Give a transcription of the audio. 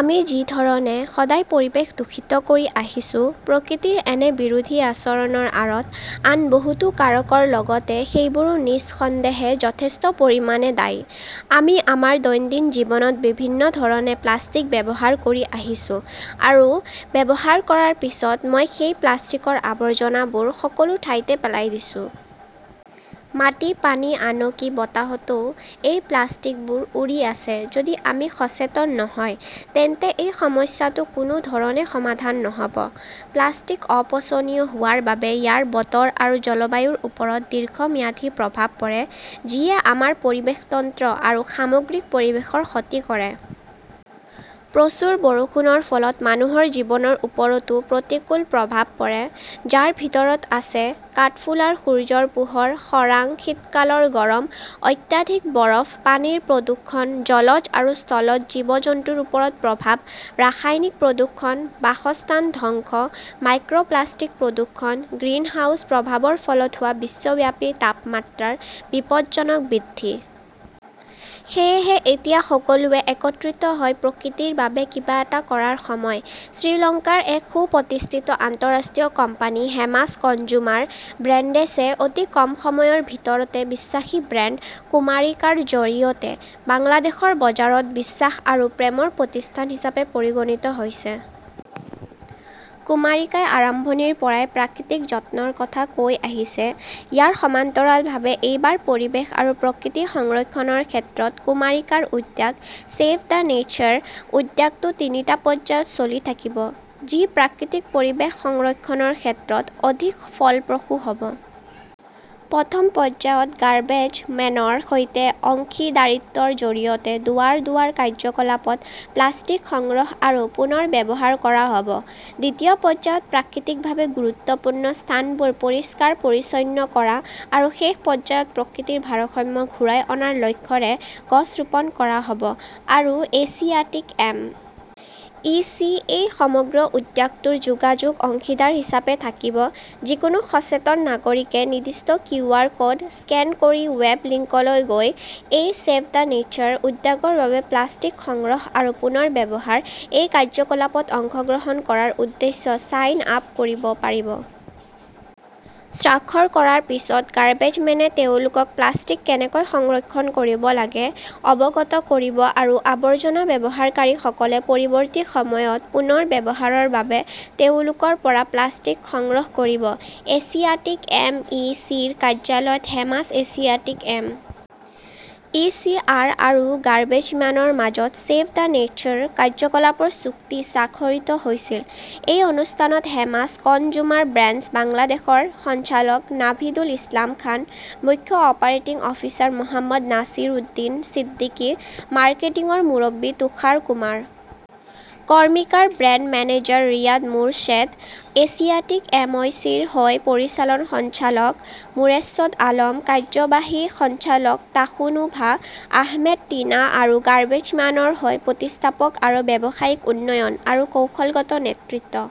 আমি যি ধৰণে সদায় পৰিৱেশ দূষিত কৰি আহিছো, প্ৰকৃতিৰ এনে বিৰোধী আচৰণৰ আঁৰত আন বহুতো কাৰকৰ লগতে সেইবোৰো নিঃসন্দেহে যথেষ্ট পৰিমাণে দায়ী। আমি আমাৰ দৈনন্দিন জীৱনত বিভিন্ন ধৰণে প্লাষ্টিক ব্যৱহাৰ কৰি আহিছো আৰু ব্যৱহাৰ কৰাৰ পিছত, মই সেই প্লাষ্টিকৰ আৱৰ্জনাবোৰ সকলো ঠাইতে পেলাই দিছোঁ । মাটি, পানী, আনকি বতাহতও এই প্লাষ্টিকবোৰ উৰি আছে। যদি আমি সচেতন নহয় তেন্তে এই সমস্যাটো কোনো ধৰণে সমাধান নহব। প্লাষ্টিক অপচনীয় হোৱাৰ বাবে ইয়াৰ বতৰ আৰু জলবায়ুৰ ওপৰত দীৰ্ঘম্যাদী প্ৰভাৱ পৰে ,যিয়ে আমাৰ পৰিৱেশ তন্ত্ৰ আৰু সামগ্ৰিক পৰিৱেশৰ ক্ষতি কৰে। প্ৰচুৰ বৰষুণৰ ফলত মানুহৰ জীৱনৰ ওপৰতো প্ৰতিকূল প্ৰভাৱ পৰে, যাৰ ভিতৰত আছে কাঠফুলাৰ সূৰ্যৰ পোহৰ, খৰাং, শীতকালৰ গৰম, অত্যাধিক বৰফ, পানীৰ প্ৰদূষণ, জলজ আৰু স্থলজ জীৱ-জন্তুৰ ওপৰত প্ৰভাৱ, ৰাসায়নিক প্ৰদূষণ, বাসস্থান ধ্বংস, মাইক্ৰ প্লাষ্টিক প্ৰদূষণ, গ্ৰিনহাউজ প্ৰভাৱৰ ফলত হোৱা বিশ্বব্যাপী তাপমাত্ৰাৰ বিপদজনক বৃদ্ধি। সেয়েহে, এতিয়া সকলোৱে একত্ৰিত হৈ প্ৰকৃতিৰ বাবে কিবা এটা কৰাৰ সময়। শ্ৰীলংকাৰ এক সুপ্ৰতিষ্ঠিত আন্তঃৰাষ্ট্ৰীয় কোম্পানী হেমাছ কনজুমাৰ ব্ৰেণ্ডছে অতি কম সময়ৰ ভিতৰতে বিশ্বাসী ব্ৰেণ্ড কুমাৰিকাৰ জৰিয়তে বাংলাদেশৰ বজাৰত বিশ্বাস আৰু প্ৰেমৰ প্ৰতিষ্ঠান হিচাপে পৰিগণিত হৈছে। কুমাৰিকাই আৰম্ভণিৰে পৰাই প্ৰাকৃতিক যত্নৰ কথা কৈ আহিছে। ইয়াৰ সমান্তৰালভাৱে, এইবাৰ পৰিৱেশ আৰু প্ৰকৃতি সংৰক্ষণৰ ক্ষেত্ৰত কুমাৰিকাৰ উদ্যোগ "চেভ দ্য নেচাৰ", উদ্যোগটো তিনিটা পৰ্যায়ত চলি থাকিব। যি প্ৰাকৃতিক পৰিৱেশ সংৰক্ষণৰ ক্ষেত্ৰত অধিক ফলপ্ৰসূ হ'ব। প্ৰথম পৰ্যায়ত গাৰ্বেজমেনৰ সৈতে অংশীদাৰিত্বৰ জৰিয়তে দুৱাৰ-দুৱাৰ কাৰ্যকলাপত প্লাষ্টিক সংগ্ৰহ আৰু পুনৰ্ব্যৱহাৰ কৰা হ'ব। দ্বিতীয় পৰ্যায়ত প্ৰাকৃতিকভাৱে গুৰুত্বপূৰ্ণ স্থানবোৰ পৰিষ্কাৰ-পৰিচ্ছন্ন কৰা আৰু শেষ পৰ্যায়ত প্ৰকৃতিৰ ভাৰসাম্য ঘূৰাই অনাৰ লক্ষ্যৰে গছ ৰোপণ কৰা হ'ব আৰু এছিয়াটিক এম. ই. চি. এই সমগ্ৰ উদ্যোগটোৰ যোগাযোগ অংশীদাৰ হিচাপে থাকিব। যিকোনো সচেতন নাগৰিকে নিৰ্দিষ্ট কিউ. আৰ. কোড স্কেন কৰি ৱেব লিংকলৈ গৈ এই '"চেভ দ্য নেচাৰ "উদ্যোগৰ বাবে প্লাষ্টিক সংগ্ৰহ আৰু পুনৰ্ব্যৱহাৰৰ এই কাৰ্যকলাপত অংশগ্ৰহণ কৰাৰ উদ্দেশ্যে ছাইন আপ কৰিব পাৰিব। স্বাক্ষৰ কৰাৰ পিছত গাৰ্বেজমেনে তেওঁলোকক প্লাষ্টিক কেনেকৈ সংৰক্ষণ কৰিব লাগে অৱগত কৰিব আৰু আৱৰ্জনা ব্যৱহাৰকাৰীসকলে পৰৱৰ্তী সময়ত পুনৰ্ব্যৱহাৰৰ বাবে তেওঁলোকৰ পৰা প্লাষ্টিক সংগ্ৰহ কৰিব। Asiatic M. ই. চি. -ৰ কাৰ্যালয়ত হেমাছ, এছিয়াটিক এম. ই. চি. আৰু গাৰ্বেজম্যানৰ মাজত '"চেভ দ্য নেচাৰ" কাৰ্যকলাপৰ চুক্তি স্বাক্ষৰিত হৈছিল। এই অনুষ্ঠানত হেমাছ কনজুমাৰ ব্ৰেণ্ডছ বাংলাদেশৰ দেশৰ সঞ্চালক নাভিদুল ইছলাম খান, মুখ্য অপাৰেটিং অফিচাৰ মহম্মদ নাছিৰউদ্দিন ছিদ্দিকী, মাৰ্কেটিংৰ মুৰব্বী Tushar Kumar Karmakar, brand manager Riyad Morshed, Asiatic এমইচিৰ হৈ পৰিচালন সঞ্চালক মোৰশ্বেদ আলম, কাৰ্যবাহী সঞ্চালক তাসনুভা আহমেদ টিনা আৰু গাৰ্বেজম্যানৰ হৈ প্ৰতিষ্ঠাপক আৰু ব্যৱসায়িক উন্নয়ন আৰু কৌশলগত নেতৃত্ব